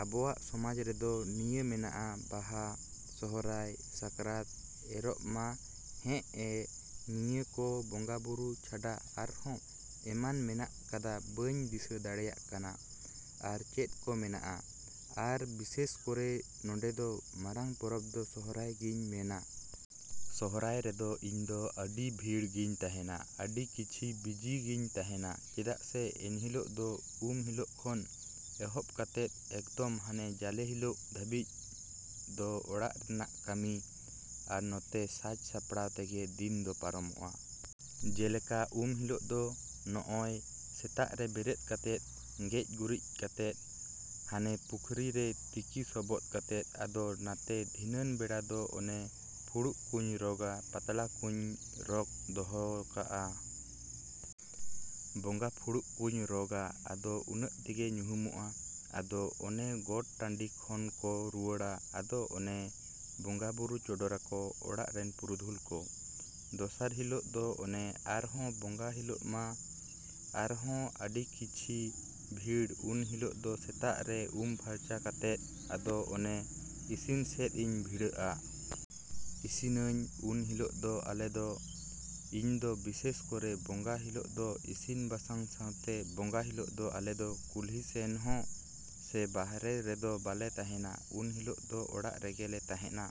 ᱟᱵᱚᱣᱟᱜ ᱥᱚᱢᱟᱡᱽ ᱨᱮᱫᱚ ᱱᱤᱭᱟᱹ ᱢᱮᱱᱟᱜᱼᱟ ᱵᱟᱦᱟ, ᱥᱚᱦᱚᱨᱟᱭ, ᱥᱟᱠᱨᱟᱛ, ᱮᱨᱚᱜ, ᱢᱟ ᱦᱮᱸᱜᱼᱮ ᱱᱤᱭᱟᱹ ᱠᱚ ᱵᱚᱸᱜᱟᱼᱵᱩᱨᱩ ᱪᱟᱰᱟ ᱟᱨᱦᱚ ᱮᱢᱟᱱ ᱢᱮᱱᱟᱜ ᱠᱟᱫᱟ ᱵᱟᱹᱧ ᱫᱤᱥᱟᱹ ᱫᱟᱬᱮᱭᱟᱜ ᱠᱟᱱᱟ᱾ ᱟᱨ ᱪᱮᱫ ᱠᱚ ᱢᱮᱱᱟᱜᱼᱟ᱾ ᱟᱨ ᱵᱤᱥᱮᱥ ᱠᱚᱨᱮ ᱱᱚᱸᱰᱮ ᱫᱚ ᱢᱟᱨᱟᱝ ᱯᱚᱨᱚᱵᱽ ᱫᱚ ᱥᱚᱦᱚᱨᱟᱭ ᱜᱤᱧ ᱢᱮᱱᱟ ᱾ ᱥᱚᱦᱚᱨᱟᱭ ᱨᱮᱫᱚ ᱤᱧᱫᱚ ᱟᱹᱰᱤ ᱵᱷᱤᱲ ᱜᱤᱧ ᱛᱟᱦᱮᱸᱱᱟ, ᱟᱹᱰᱤ ᱠᱷᱤᱪᱤ ᱵᱤᱡᱤ ᱜᱤᱧ ᱛᱟᱦᱮᱸᱱᱟ ᱪᱮᱫᱟᱜ ᱥᱮ ᱮᱱᱦᱤᱞᱳᱜ ᱫᱚ ᱩᱢ ᱦᱤᱞᱳᱜ ᱠᱷᱚᱱ ᱮᱦᱚᱵ ᱠᱟᱛᱮᱫ ᱮᱠᱫᱚᱢ ᱦᱟᱱᱮᱸ ᱡᱟᱞᱮ ᱦᱤᱞᱳᱜ ᱫᱷᱟᱹᱵᱤᱡ ᱫᱚ ᱚᱲᱟᱜ ᱨᱮᱱᱟᱜ ᱠᱟᱹᱢᱤ, ᱟᱨ ᱱᱚᱛᱮ ᱥᱟᱡᱽ ᱥᱟᱯᱲᱟᱣ ᱛᱮᱜᱮ ᱫᱤᱱ ᱫᱚ ᱯᱟᱨᱚᱢᱚᱜᱼᱟ᱾ ᱡᱮᱞᱮᱠᱟ ᱩᱢ ᱦᱤᱞᱳᱜ ᱫᱚ ᱱᱚᱜᱼᱚᱭ ᱥᱮᱛᱟᱜ ᱨᱮ ᱵᱮᱨᱮᱫ ᱠᱟᱛᱮᱫ ᱜᱮᱡ ᱜᱩᱨᱤᱡ ᱠᱟᱛᱮᱫ ᱦᱟᱱᱮ ᱯᱩᱠᱷᱨᱤ ᱨᱮ ᱛᱤᱠᱤ ᱥᱚᱵᱚᱫᱽ ᱠᱟᱛᱮᱫᱽ ᱟᱫᱚ ᱱᱟᱛᱮ ᱫᱷᱤᱱᱟᱹᱱ ᱵᱮᱲᱟ ᱫᱚ ᱚᱱᱮ ᱯᱷᱩᱲᱩᱜ ᱠᱩᱧ ᱨᱚᱜᱟ ᱾ ᱯᱟᱛᱲᱟ ᱠᱩᱸᱧ ᱨᱚᱜ ᱫᱚᱦᱚ ᱠᱟᱜᱼᱟ᱾ ᱵᱚᱸᱜᱟ ᱯᱷᱩᱲᱩᱜ ᱠᱩᱸᱧ ᱨᱚᱜᱟ ᱟᱫᱚ ᱩᱱᱟᱹᱜ ᱛᱮᱜᱮ ᱧᱩᱦᱩᱢᱚᱜᱼᱟ ᱟᱫᱚ ᱚᱱᱮ ᱜᱚᱴ ᱴᱟᱹᱰᱤ ᱠᱷᱚᱱ ᱠᱚ ᱨᱩᱣᱟᱹᱲᱟ ᱟᱫᱚ ᱚᱱᱮ ᱵᱚᱸᱜᱟᱼᱵᱩᱨᱩ ᱪᱚᱰᱚᱨᱟᱠᱚ ᱚᱲᱟᱜ ᱨᱮᱱ ᱯᱩᱨᱩᱫᱷᱩᱞ ᱠᱚ᱾ ᱫᱚᱥᱟᱨ ᱦᱤᱞᱳᱜ ᱫᱚ ᱚᱱᱮ ᱟᱨᱦᱚᱸ ᱵᱚᱸᱜᱟ ᱦᱤᱞᱳᱜ ᱢᱟ ᱟᱨᱦᱚᱸ ᱟᱹᱰᱤ ᱠᱷᱤᱪᱤ ᱵᱷᱤᱲ ᱩᱱ ᱦᱤᱞᱳᱜ ᱫᱚ ᱥᱮᱛᱟᱜ ᱨᱮ ᱩᱢ ᱯᱷᱟᱨᱪᱟ ᱠᱟᱛᱮᱫ ᱟᱫᱚ ᱚᱱᱮ ᱤᱥᱤᱱ ᱥᱮᱫᱽ ᱤᱧ ᱵᱷᱤᱲᱟᱹᱜᱼᱟ ᱾ ᱤᱥᱤᱱᱟᱹᱧ ᱩᱱ ᱦᱤᱞᱳᱜ ᱫᱚ ᱟᱞᱮ ᱫᱚ, ᱤᱧᱫᱚ ᱵᱤᱥᱮᱥ ᱠᱚᱨᱮ ᱵᱚᱸᱜᱟ ᱦᱤᱞᱳᱜ ᱫᱚ ᱤᱥᱤᱱ ᱵᱟᱥᱟᱝ ᱥᱟᱶᱛᱮ, ᱵᱚᱸᱜᱟ ᱦᱤᱞᱳᱜ ᱫᱚ ᱟᱞᱮ ᱫᱚ ᱠᱩᱞᱦᱤ ᱥᱮᱱ ᱦᱚᱸ ᱥᱮ ᱵᱟᱦᱟᱨᱮ ᱨᱮᱫᱚ ᱵᱟᱞᱮ ᱛᱟᱦᱮᱸᱱᱟ ᱩᱱ ᱦᱤᱞᱳᱜ ᱫᱚ ᱚᱲᱟᱜ ᱨᱮᱜᱮᱞᱮ ᱛᱟᱦᱮᱸᱱᱟ᱾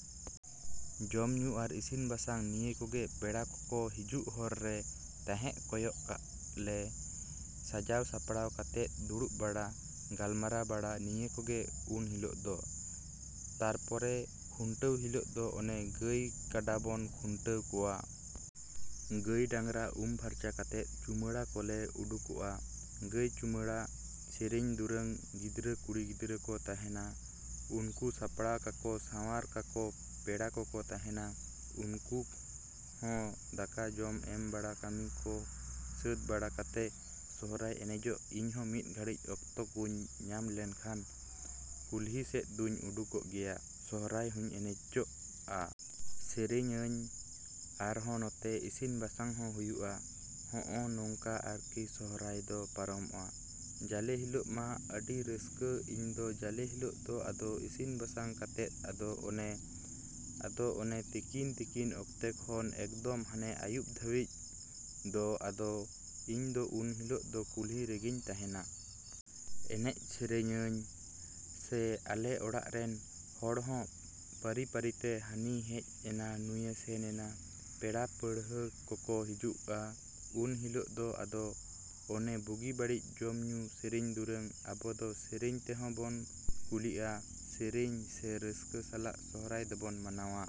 ᱡᱚᱢ ᱧᱩ ᱟᱨ ᱤᱥᱤᱱ ᱵᱟᱥᱟᱝ ᱱᱤᱭᱟᱹ ᱠᱚᱜᱮ ᱯᱮᱲᱟ ᱠᱚᱠᱚ ᱦᱤᱡᱩᱜ ᱦᱚᱨ ᱨᱮ ᱛᱟᱦᱮᱸᱜ ᱠᱚᱭᱚᱜ ᱠᱟᱜᱼᱟ ᱞᱮ ᱥᱟᱡᱟᱣ ᱥᱟᱯᱲᱟᱣ ᱠᱟᱛᱮᱫ ᱫᱩᱲᱩᱵ ᱵᱟᱲᱟ, ᱜᱟᱞᱢᱟᱨᱟᱣ ᱵᱟᱲᱟ ᱱᱤᱭᱟᱹ ᱠᱚᱜᱮ ᱩᱱ ᱦᱤᱞᱳᱜ ᱫᱚ᱾ ᱛᱟᱨᱯᱚᱨᱮ ᱠᱷᱩᱱᱴᱟᱹᱣ ᱦᱤᱞᱳᱜ ᱫᱚ ᱚᱱᱮ ᱜᱟᱹᱭ ᱠᱟᱰᱟ ᱵᱚᱱ ᱠᱷᱩᱱᱴᱟᱹᱣ ᱠᱚᱣᱟ ᱾ ᱜᱟᱹᱭ ᱰᱟᱝᱨᱟ ᱩᱢ ᱯᱷᱟᱨᱪᱟ ᱠᱟᱛᱮᱫ ᱪᱩᱢᱟᱹᱲᱟ ᱠᱚᱞᱮ ᱩᱰᱩᱠᱚᱜᱼᱟ, ᱜᱟᱹᱭ ᱪᱩᱢᱟᱹᱲᱟ, ᱥᱮᱨᱮᱧ ᱫᱩᱨᱟᱹᱝ ᱜᱤᱫᱽᱨᱟᱹ ᱠᱩᱲᱤ ᱜᱤᱫᱽᱨᱟᱹ ᱠᱚ ᱛᱟᱦᱮᱸᱱᱟ ᱩᱱᱠᱩ ᱥᱟᱯᱲᱟᱣ ᱠᱟᱠᱚ ᱥᱟᱶᱟᱨ ᱠᱟᱠᱚ ᱯᱮᱲᱟ ᱠᱚᱠᱚ ᱛᱟᱦᱮᱸᱱᱟ ᱩᱱᱠᱩ ᱦᱚᱸ ᱫᱟᱠᱟ ᱡᱚᱢ ᱮᱢ ᱵᱟᱲᱟ ᱠᱟᱹᱢᱤᱠᱚ ᱥᱟᱹᱛ ᱵᱟᱲᱟ ᱠᱟᱛᱮ, ᱥᱚᱦᱚᱨᱟᱭ ᱮᱱᱮᱡᱚᱜ ᱤᱧᱦᱚᱸ ᱢᱤᱫ ᱜᱷᱟᱹᱲᱤᱡ ᱚᱠᱛᱚ ᱠᱩᱧ ᱧᱟᱢ ᱞᱮᱠᱷᱟᱱ, ᱠᱩᱞᱦᱤ ᱥᱮᱫ ᱫᱩᱧ ᱩᱰᱩᱠᱚᱜ ᱜᱮᱭᱟ, ᱥᱚᱦᱚᱨᱟᱭ ᱦᱚᱸᱧ ᱮᱱᱮᱡᱚᱜᱼᱟ ᱾ ᱥᱮᱨᱮᱧ ᱟᱹᱧ ᱟᱨᱦᱚᱸ ᱱᱚᱛᱮ ᱤᱥᱤᱱ ᱵᱟᱥᱟᱝ ᱦᱚᱸ ᱦᱩᱭᱩᱜᱼᱟ ᱦᱚᱸᱜᱼᱚ ᱱᱚᱝᱠᱟ ᱟᱨᱠᱤ ᱥᱚᱦᱚᱨᱟᱭ ᱫᱚ ᱯᱟᱨᱚᱢᱚᱜᱼᱟ ᱾ ᱡᱟᱞᱮ ᱦᱤᱞᱳᱜ ᱢᱟ ᱟᱹᱰᱤ ᱨᱟᱹᱥᱠᱟᱹ ᱤᱧ ᱫᱚ ᱡᱟᱞᱮ ᱦᱤᱞᱳᱜ ᱫᱚ ᱟᱫᱚ ᱤᱥᱤᱱ ᱵᱟᱥᱟᱝ ᱠᱟᱛᱮᱫ ᱟᱫᱚ ᱚᱱᱮ ᱟᱫᱚ ᱚᱱᱮ ᱛᱤᱠᱤᱱ ᱛᱤᱠᱤᱱ ᱚᱠᱛᱮ ᱠᱷᱚᱱ ᱮᱠᱫᱚᱢ ᱦᱟᱱᱮ ᱟᱹᱭᱩᱵ ᱫᱷᱟᱹᱵᱤᱡ ᱫᱚ ᱟᱫᱚ ᱤᱧᱫᱚ ᱩᱱ ᱦᱤᱞᱳᱜ ᱫᱚ ᱠᱩᱞᱦᱤ ᱨᱮᱜᱮᱧ ᱛᱟᱦᱮᱸᱱᱟ᱾ ᱮᱱᱮᱡ ᱥᱮᱨᱮᱧ ᱟᱹᱧ, ᱥᱮ ᱟᱞᱮ ᱚᱲᱟᱜ ᱨᱮᱱ ᱦᱚᱲ ᱦᱚᱸ ᱯᱟᱹᱨᱤ ᱯᱟᱹᱨᱤᱛᱮ ᱦᱟᱹᱱᱤ ᱦᱮᱡ ᱮᱱᱟ ᱱᱩᱭᱮ ᱥᱮᱱ ᱮᱱᱟ, ᱯᱮᱲᱟ ᱯᱟᱹᱲᱦᱟᱹ ᱠᱚᱠᱚ ᱦᱤᱡᱩᱜᱼᱟ ᱾ ᱩᱱ ᱦᱤᱞᱳᱜ ᱫᱚ ᱟᱫᱚ ᱚᱱᱮ ᱵᱩᱜᱤ ᱵᱟᱲᱤᱡ ᱡᱚᱢ ᱧᱩ ᱥᱮᱨᱮᱧ ᱫᱩᱨᱩᱝ ,ᱟᱵᱚ ᱫᱚ ᱥᱮᱨᱮᱧ ᱛᱮᱦᱚᱸ ᱵᱚᱱ ᱠᱩᱞᱤᱜᱼᱟ ᱥᱮᱨᱮᱧ, ᱥᱮ ᱨᱟᱹᱥᱠᱟ ᱥᱟᱞᱟᱜ ᱥᱚᱦᱚᱨᱟᱭ ᱫᱚᱵᱚᱱ ᱢᱟᱱᱟᱣᱼᱟ᱾